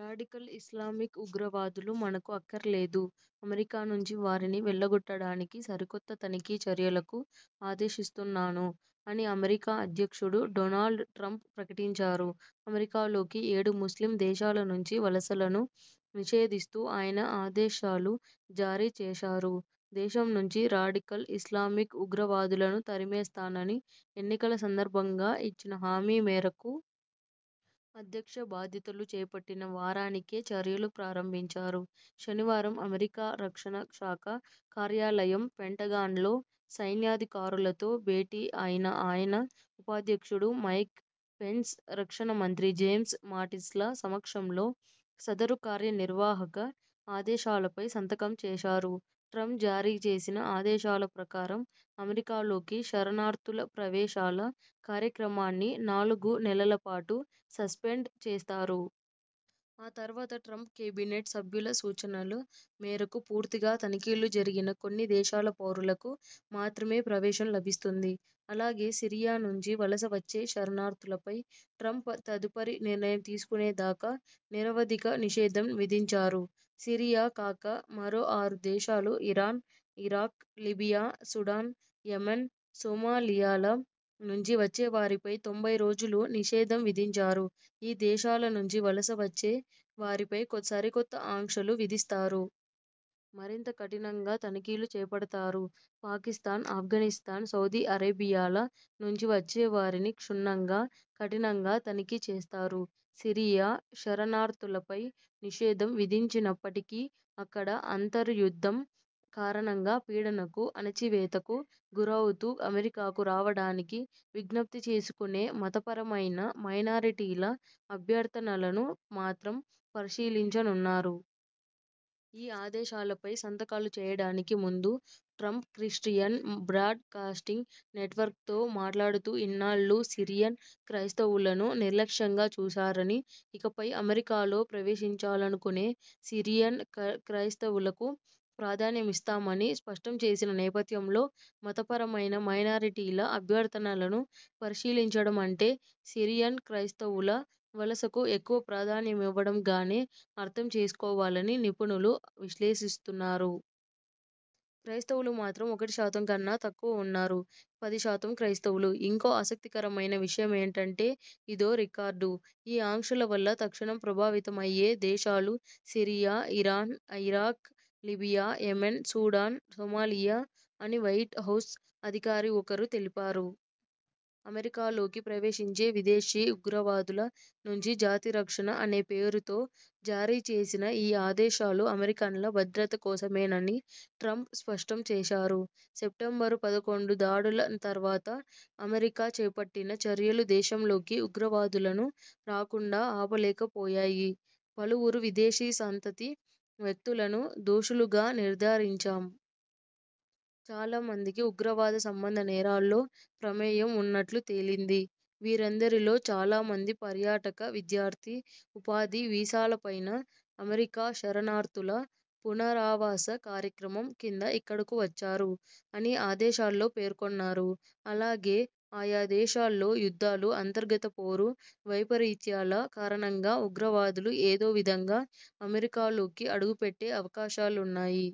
Radical Islamic ఉగ్రవాదులు మనకు అక్కర్లేదు. అమెరికా నుంచి వారిని వెళ్లగొట్టడానికి సరికొత్త తనిఖీ చర్యలకు ఆదేశిస్తున్నాను' అని అమెరికా అధ్యక్షుడు డోనాల్డ్ ట్రంప్ ప్రకటించారు. అమెరికాలోకి ఏడు ముస్లిం దేశాల నుంచి వలసలను నిషేధిస్తూ ఆయన ఆదేశాలు జారీ చేశారు. దేశం నుంచి రాడికల్ ఇస్లామిక్ ఉగ్రవాదులను తరిమేస్తానని ఎన్నికల సందర్భంగా ఇచ్చిన హామీ మేరకు.. అధ్యక్ష బాధ్యతలు చేపట్టిన వారానికే చర్యలు ప్రారంభించారు. శనివారం అమెరికా రక్షణ శాఖ కార్యాలయం పెంటగాన్లో సైన్యాధికారులతో భేటీ అయిన ఆయన ఉపాధ్యక్షుడు మైక్ పెన్స్, రక్షణ మంత్రి జేమ్స్ మాటిస్ల సమక్షంలో సదరు కార్యనిర్వాహక ఆదేశాలపై సంతకం చేశారు. ట్రంప్ జారీ చేసిన ఆదేశాల ప్రకారం అమెరికాలోకి శరణార్థుల ప్రవేశాల కార్యక్రమాన్ని నాలుగు నెలలపాటు సస్పెండ్ చేస్తారు. ఆ తర్వాత ట్రంప్ కేబినెట్ సభ్యుల సూచనల మేరకు పూర్తిగా తనిఖీలు జరిగిన కొన్ని దేశాల పౌరులకు మాత్రమే ప్రవేశం లభిస్తుంది. అలాగే, సిరియా నుంచి వలస వచ్చే శరణార్థులపై ట్రంప్ తదుపరి నిర్ణయం తీసుకునేదాకా నిరవధిక నిషేధం విధించారు. సిరియా కాక మరో ఆరు దేశాలు Iran, Iraq, Libya, Sudan, Yemen, సొమాలియాల నుంచి వచ్చేవారిపై తొంభై రోజులు నిషేధం విధించారు ఈ దేశాల నుంచి వలసవచ్చే వారిపై సరికొత్త ఆంక్షలు విధిస్తారు. మరింత కఠినంగా తనిఖీలు చేపడతారు. పాకిస్థాన్, అఫ్ఘానిస్థాన్, సౌదీ అరేబియాల నుంచి వచ్చేవారిని క్షుణ్నంగా, కఠినంగా తనిఖీ చేస్తారు. సిరియా శరణార్థులపై నిషేధం విధించినప్పటికీ.. అక్కడ అంతర్యుద్ధం కారణంగా పీడనకు, అణచివేతకు గురవుతూ అమెరికాకు రావడానికి విజ్ఞప్తి చేసుకునే మతపరమైన మైనారిటీల అభ్యర్థనలను మాత్రం పరిశీలించనున్నారు. ఈ ఆదేశాలపై సంతకాలు చేయడానికి ముందు Trump Christian Broadcasting Network తో మాట్లాడుతూ ఇన్నాళ్లూ సిరియన్ క్రైస్తవులను నిర్లక్ష్యంగా చూశారని, ఇకపై అమెరికాలో ప్రవేశించాలనుకునే సిరియన్ క్రైస్తవులకు ప్రాధాన్యమిస్తామని స్పష్టం చేసిన నేపథ్యంలో మతపరమైన మైనారిటీల అభ్యర్థనలను పరిశీలించడమంటే సిరియన్ క్రైస్తవుల వలసకు ఎక్కువ ప్రాధాన్యమివ్వడంగానే అర్థం చేసుకోవాలని నిపుణులు విశ్లేషిస్తున్నారు. క్రైస్తవులు మాత్రం ఒకటి శాతం కన్నా తక్కువ ఉన్నారు. పది శాతం క్రైస్తవులు. ఇంకో ఆసక్తికరమైన విషయమేంటంటేఇ దో రికార్డు. ఈ ఆంక్షల వల్ల తక్షణం ప్రభావితమయ్యే దేశాలు Syria, Iran, Iraq, Libya, Yemen, Sudan, Somalia అని వైట్ హౌస్ అధికారి ఒకరు తెలిపారు. 'అమెరికాలోకి ప్రవేశించే విదేశీ ఉగ్రవాదుల నుంచి జాతిరక్షణ' అనే పేరుతో జారీచేసిన ఈ ఆదేశాలు అమెరికన్ల భద్రత కోసమేనని ట్రంప్ స్పష్టం చేశారు. సెప్టెంబరు పదకొండు దాడుల తర్వాత అమెరికా చేపట్టిన చర్యలు దేశంలోకి ఉగ్రవాదులను రాకుండా ఆపలేకపోయాయి. పలువురు విదేశీ సంతతి వ్యక్తులను దోషులుగా నిర్ధారించాం. చాలా మందికి ఉగ్రవాద సంబంధ నేరాల్లో ప్రమేయం ఉన్నట్లు తేలింది. వీరందరిలో చాలా మంది పర్యాటక, విద్యార్థి, ఉపాధి వీసాలపైన, అమెరికా శరణార్థుల పునరావాస కార్యక్రమం కింద ఇక్కడకు వచ్చారు' అని ఆదేశాల్లో పేర్కొన్నారు. అలాగే 'ఆయా దేశాల్లో యుద్ధాలు, అంతర్గత పోరు, వైపరీత్యాల కారణంగా ఉగ్రవాదులు ఏదో విధంగా అమెరికాలోకి అడుగుపెట్టే అవకాశాలున్నాయి.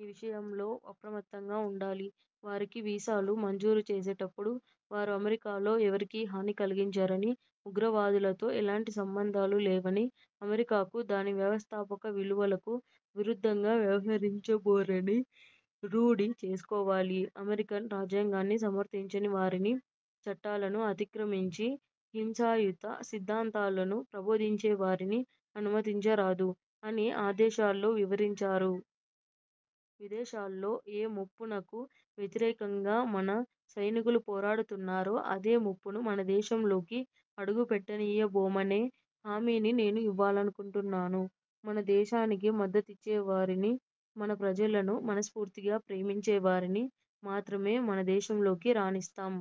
ఈ విషయంలో అప్రమత్తంగా ఉండాలి. వారికి వీసాలు మంజూరు చేసేటప్పుడు వారు అమెరికాలో ఎవరికీ హాని కలిగించరని, ఉగ్రవాదులతో ఎలాంటి సంబంధాలు లేవని, అమెరికాకు, దాని వ్యవస్థాపక విలువలకు విరుద్ధంగా వ్యవహరించబోరని రూఢి చేసుకోవాలి. అమెరికన్ రాజ్యాంగాన్ని సమర్థించని వారిని, చట్టాలను అతిక్రమించి హింసాయుత సిద్ధాంతాలను ప్రబోధించేవారిని అనుమతించరాదు' అని ఆదేశాల్లో వివరించారు. ''విదేశాల్లో ఏ ముప్పునకు వ్యతిరేకంగా మన సైనికులు పోరాడుతున్నారో అదే ముప్పును మనదేశంలోకి అడుగుపెట్టనీయబోమనే హామీని నేను ఇవ్వాలనుకుంటున్నాను. మన దేశానికి మద్దతిచ్చేవారిని, మన ప్రజలను మనస్ఫూర్తిగా ప్రేమించేవారిని మాత్రమే మనదేశంలోకి రానిస్తాం.